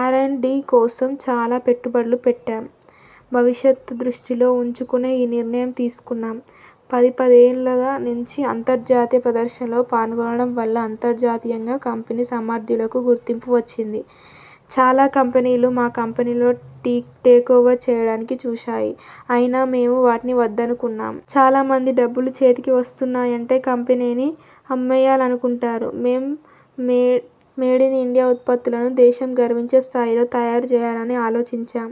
Are and D కోసం చాలా పెట్టుబడులు పెట్టాం. భవిష్యతను దృష్టిలో ఉంచుకునే ఈ నిర్ణయం తీసుకున్నాం. పదిపదిహేనేళ్ల నుంచి అంతర్జాతీయ ప్రదర్శనల్లో పాల్గొనడం వల్ల అంతర్జాతీయంగా కంపెనీ సామర్థ్యాలకు గుర్తింపు వచ్చింది. చాలా కంపెనీలు మా కంపెనీని టేకోవర్ చేయడానికి చూశాయి. అయినా మేము వాటిని వద్దనుకున్నాం. చాలా మంది డబ్బులు చేతికి వస్తున్నాయంటే కంపెనీని అమ్మేయాలనుకుంటారు. మేం, మేడ్ ఇన్ ఇండియా ఉత్పత్తులను దేశం గర్వించే స్థాయిలో తయారు చేయాలని ఆలోచించాం.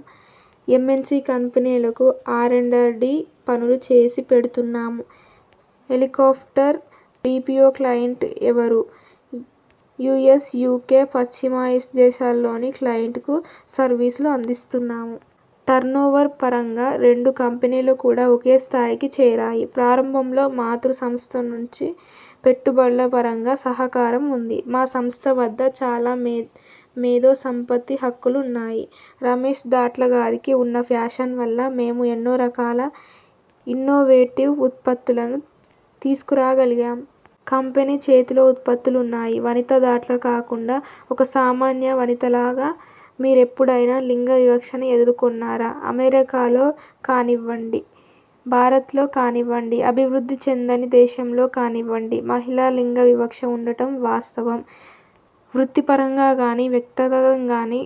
ఎంఎన్సి కంపెనీలకు ఆర్అండ్ డి పనులు చేసి పెడుతున్నాం. ఎలికో హెల్త్కేర్ బిపిఒ క్లయింట్లు ఎవరు? యుఎస్, యుకె, పశ్చిమాసియా దేశాల్లోని క్లయింట్లకు సర్వీసులు అందిస్తున్నాం. టర్నోవర్ పరంగా రెండు కంపెనీలు కూడా ఒకేస్థాయికి చేరాయి. ప్రారంభంలో మాతృ సంస్థ నుంచి పెట్టుబడుల పరంగా సహకారం ఉంది. మా సంస్థ వద్ద చాలా మేధో సంపత్తి హక్కులున్నాయి. రమేష్ దాట్ల గారికి ఉన్న ఫ్యాషన్ వల్ల మేము ఎన్నో రకాల ఇన్నోవేటివ్ ఉత్పత్తులను తీసుకురాగలిగాం. కంపెనీ చేతిలో ఉత్పత్తులున్నాయి. వనిత దాట్లగా కాకుండా ఒక సామాన్య వనితలాగా మీరెప్పుడైనా లింగ వివక్షను ఎదుర్కొన్నారా? అమెరికాలో కానివ్వండి, భారతలో కానివ్వండి అభివృద్ధి చెందని దేశంలో కానివ్వండి మహిళా లింగ వివక్ష ఉండటం వాస్తవం. వృత్తిపరంగా గానీ వ్యక్తిగతంగా గానీ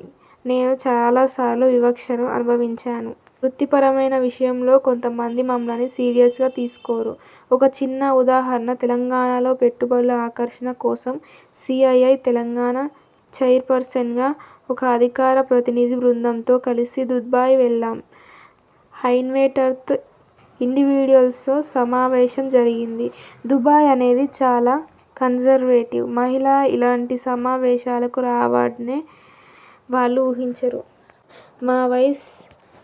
నేను చాలాసార్లు వివక్షను అనుభవించాను. వృత్తిపరమైన విషయంలో కొంత మంది మమ్మల్ని సీరియ్సగా తీసుకోరు. ఒక చిన్న ఉదాహరణ తెలంగాణలో పెట్టుబడుల ఆకర్షణ కోసం సిఐఐ తెలంగాణ చైర్పర్సన్గా ఒక అధికార ప్రతినిధి బృందంతో కలిసి దుబాయ్ వెళ్లాం. హైనెట్వర్త్ ఇండివిడ్యువల్స్తో సమావేశం జరిగింది. దుబాయ్ అనేది చాలా కన్జర్వేటివ్. మహిళలు ఇలాంటి సమావేశాలకు రావడాన్నే వాళ్లు ఊహించరు. మా వైస్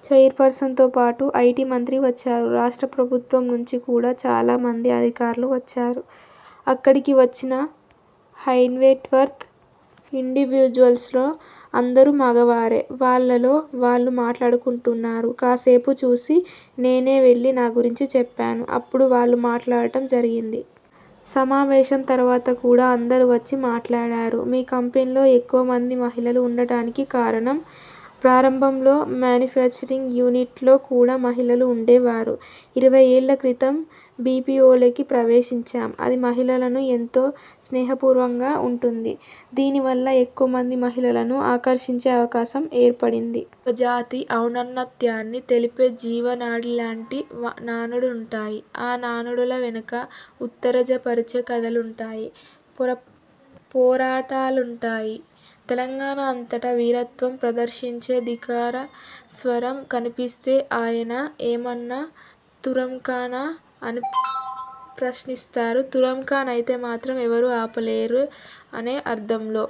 చైర్పర్సన్తోపాటు ఐటి మంత్రి వచ్చారు. రాష్ట్ర ప్రభు త్వం నుంచి కూడా చాలా మంది అధికారులు వచ్చారు. అక్కడికి వచ్చిన హైనెట్వర్త్ ఇండివిడ్యువల్స్లో అందరూ మగవారే. వాళ్లలో వాళ్లు మాట్లాడుకుంటున్నారు. కాసేపు చూసి, నేనే వెళ్లి నా గురించి చెప్పాను. అప్పుడు వాళ్లు మాట్లాడటం జరిగింది. సమావేశం తర్వాత కూడా అందరూ వచ్చి మాట్లాడారు. మీ కంపెనీలో ఎక్కువ మంది మహిళలు ఉండటానికి కారణం? ప్రారంభంలో మాన్యుఫ్యాక్చరింగ్ యూనిట్లో కూడా మహిళలు ఉండే వారు. ఇరవై ఏళ్ల క్రితం బిపిఒలోకి ప్రవేశించాం. ఇది మహిళలకు ఎంతో స్నేహపూర్వకంగా ఉంటుంది. దీని వల్ల ఎక్కువ మంది మహిళలను ఆకర్షించే అవకాశం ఏర్పడింది. ఒక జాతి ఔన్నత్యాన్ని తెలిపే జీవనాడి లాంటి నానుడులుంటాయి. ఆ నానుడుల వెనుక ఉత్తేజపరిచే కథలుంటాయి, పోరాటాలుంటాయి. తెలంగాణ అంతటా వీరత్వం ప్రదర్శించే ధిక్కార స్వరం కనిపిస్తే 'ఆయన ఏమన్నా తురుంఖానా? ' అని ప్రశ్నిస్తారు, తురుంఖాన్ అయితే మాత్రం ఎవరూ ఆపలేరు అనే అర్థంలో.